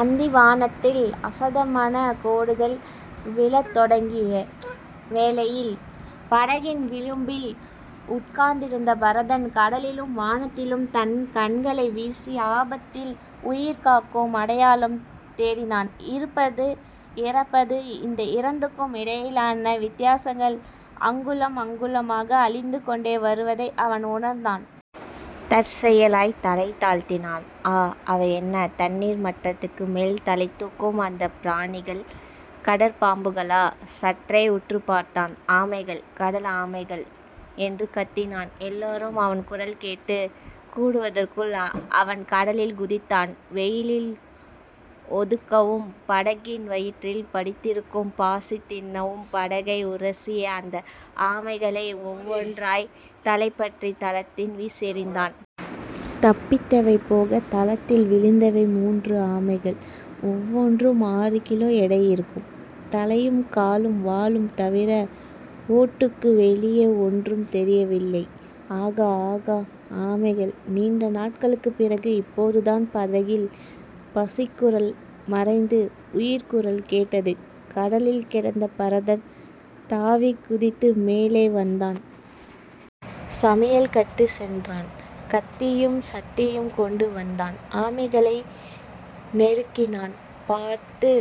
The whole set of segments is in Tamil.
அந்தி வானத்தில் அஸதமனக் கோடுகள் விழத் தொடங்கிய வேளையில், படகின் விளிம்பில் உட்கார்ந்திருந்த பரதன் கடலிலும் வானத்திலும் தன் கண்களை வீசி, ஆபத்தில் உயிர் காக்கும் அடையாளம் தேடினான். இருப்பது இறப்பது இந்த இரண்டுக்கும் இடையிலான வித்தியாசங்கள், அங்குலம் அங்குலமாக அழிந்துகொண்டே வருவதை அவன் உணர்ந்தான். தற்செயலாய்த் தலை தாழ்த்தினான். ஆ. அவை என்ன? தண்ணீர் மட்டத்துக்கு மேல் தலைதூக்கும் அந்தப் பிராணிகள் கடற்பாம்புகளா? சற்றே உற்றுப் பார்த்தான். ஆமைகள். கடல் ஆமைகள். என்று கத்தினான். எல்லோரும் அவன் குரல் கேட்டுக் கூடுவதற்குள் அவன் கடலில் குதித்தான். வெயிலில் ஒதுங்கவும். படகின் வயிற்றில் படிந்திருக்கும் பாசிதின்னவும் படகை உரசிய அந்த ஆமைகளை ஒவ்வொன்றாய்த் தலைபற்றித் தளத்தில் வீசியெறிந்தான்.. தப்பித்தவை போகத் தளத்தில் விழுந்தவை முன்று ஆமைகள். ஒவ்வொன்றும் ஆறு கிலோ எடை இருக்கும். தலையும் காலும் வாலும் தவிர ஓட்டுக்கு வெளியே ஒன்றும் தெரியவில்லை. ஆகா. ஆகா. ஆமைகள். நீண்ட நாட்களுக்குப் பிறகு இப்போதுதான் படகில் பசிக்குரல் மறைந்து உயிர்க்குரல் கேட்டது. கடலில் கிடந்த பரதன் தாவிக்குதித்து மேலே வந்தான். சமையல்கட்டு சென்றான். கத்தியும் சட்டியும் கொண்டுவந்தான். ஆமைகளை நெருங்கினான். பார்த்து.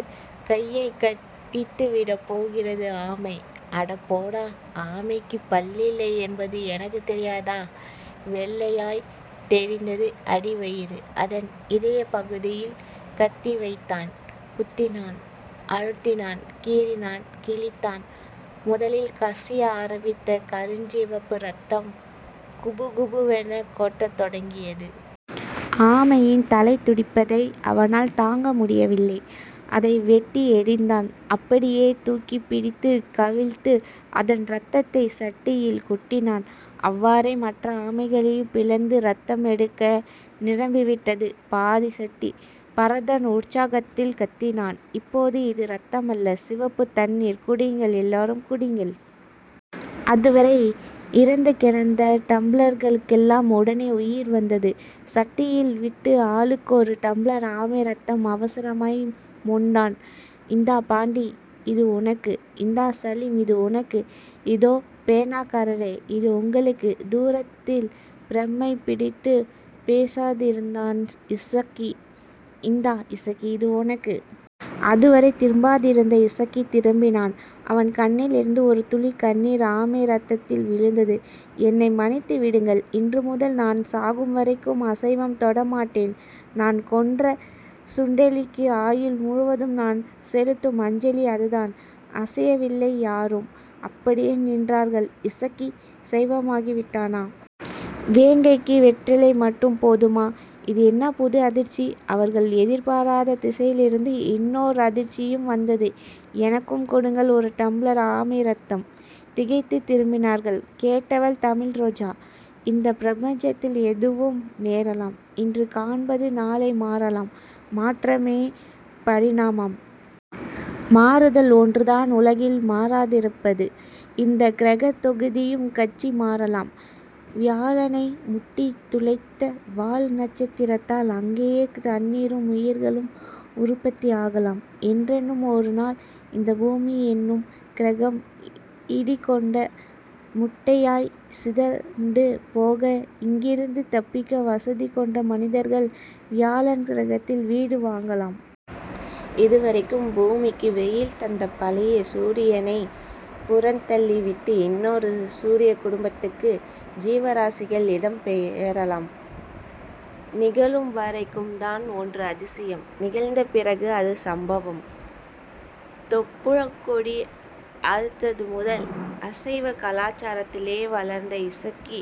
கையைக் கடித்துவிடப்போகிறது ஆமை. அடப்போடா. ஆமைக்குப் பல்லில்லை என்பது எனக்குத் தெரியாதா? வெள்ளையாய்த் தெரிந்தது அடிவயிறு. அதன் இதயப்பகுதியில் கத்தி வைத்தான். குத்தினான் அழுத்தினான் கீறினான் கிழித்தான். முதலில் கசிய ஆரம்பித்த கருஞ்சிவப்பு ரத்தம் குபுகுபுவெனக் கொட்டத் தொடங்கியது. ஆமையின் தலைதுடிப்பதை அவனால் தாங்க முடியவில்லை. அதை வெட்டி எறிந்தான். அப்படியே தூக்கிப் பிடித்துக் கவிழ்த்து அதன் ரத்தத்தைச் சட்டியில் கொட்டினான். அவ்வாறே மற்ற ஆமைகளையும் பிளந்து ரத்தமெடுக்க, நிரம்பிவிட்டது. பாதிச்சட்டி பரதன் உற்சாகத்தில் கத்தினான். இப்போது இது ரத்தமல்ல. சிவப்பு தண்ணீர் குடியுங்கள் எல்லோரும் குடியுங்கள். அதுவரை இறந்துகிடந்த டம்ளர்களுக்கெல்லாம் உடனே உயிர் வந்தது. சட்டியில் விட்டு ஆளுக்கொரு டம்ளர் ஆமை ரத்தம் அவசரமாய் மொண்டான். இந்தா பாண்டி. இது உனக்கு. இந்தா சலீம். இது உனக்கு. இதோ பேனாக்காரரே. இது உங்களுக்கு. தூரத்தில் பிரமை பிடித்துப் பேசாதிருந்தான் இசக்கி. இந்தா இசக்கி இது உனக்கு. அதுவரை திரும்பாதிருந்த இசக்கி திரும்பினான். அவன் கண்ணிலிருந்து ஒரு துளிக் கண்ணீர் ஆமை ரத்தத்தில் விழுந்தது. என்னை மன்னித்து விடுங்கள். இன்றுமுதல் நான் சாகும் வரைக்கும் அசைவம் தொடமாட்டேன். நான் கொன்ற சுண்டெலிக்கு ஆயுள் முழுதும் நான் செலுத்தும் அஞ்சலி அதுதான். அசையவில்லை யாரும், அப்படியே நின்றார்கள் இசக்கி சைவமாகிவிட்டானா? வேங்கைக்கு வெற்றிலை மட்டும் போதுமா? இது என்ன புது அதிர்ச்சி. அவர்கள் எதிர்பாராத திசையிலிருந்து இன்னோர் அதிர்ச்சியும் வந்தது. எனக்கும் கொடுங்கள் ஒரு டம்ளர் ஆமை ரத்தம். திகைத்து திரும்பினார்கள். கேட்டவள் தமிழ்ரோஜா. இந்தப் பிரபஞ்சத்தில் எதுவும் நேரலாம். இன்று காண்பது நாளை மாறலாம். மாற்றமே பரிணாமம். மாறுதல் ஒன்றுதான் உலகில் மாறாதிருப்பது. இந்தக் கிரகத் தொகுதியும் கட்சி மாறலாம். வியாழனை முட்டித் துளைத்த வால்நட்சத்திரத்தால் அங்கே தண்ணீரும் உயிர்களும் உற்பத்தியாகலாம். என்றேனும் ஒரு நாள் இந்தப் பூமி என்னும் கிரகம் இடிகொண்ட முட்டையாய்ச் சிதறுண்டு போக, இங்கிருந்து தப்பிக்க வசதிகொண்ட மனிதர்கள் வியாழன் கிரகத்தில் வீடு வாங்கலாம். இதுவரைக்கும் பூமிக்கு வெயில் தந்த பழைய சூரியனைப் புறந்தள்ளிவிட்டு, இன்னொரு சூரியக் குடும்பத்துக்கு ஜீவராசிகள் இடம் பெயரலாம். நிகழும் வரைக்கும்தான் ஒன்று அதிசயம். நிகழ்ந்த பிறகு அது சம்பவம். தொப்பூழ்க்கொடி அறுத்தது முதல் அசைவக் கலாசாரத்திலேயே வளர்ந்த இசக்கி,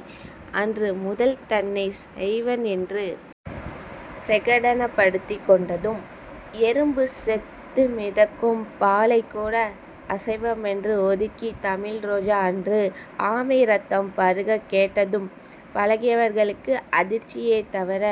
அன்று முதல் தன்னைச் சைவன் என்று பிரகடனப்படுத்திக் கொண்டதும் எறும்பு செத்து மிதக்கும் பாலைக்கூட அசைவமென்று ஒதுக்கிய தமிழ் ரோஜா, அன்று ஆமை ரத்தம் பருகக் கேட்டதும் பழகியவர்களுக்கு அதிர்ச்சியே தவிர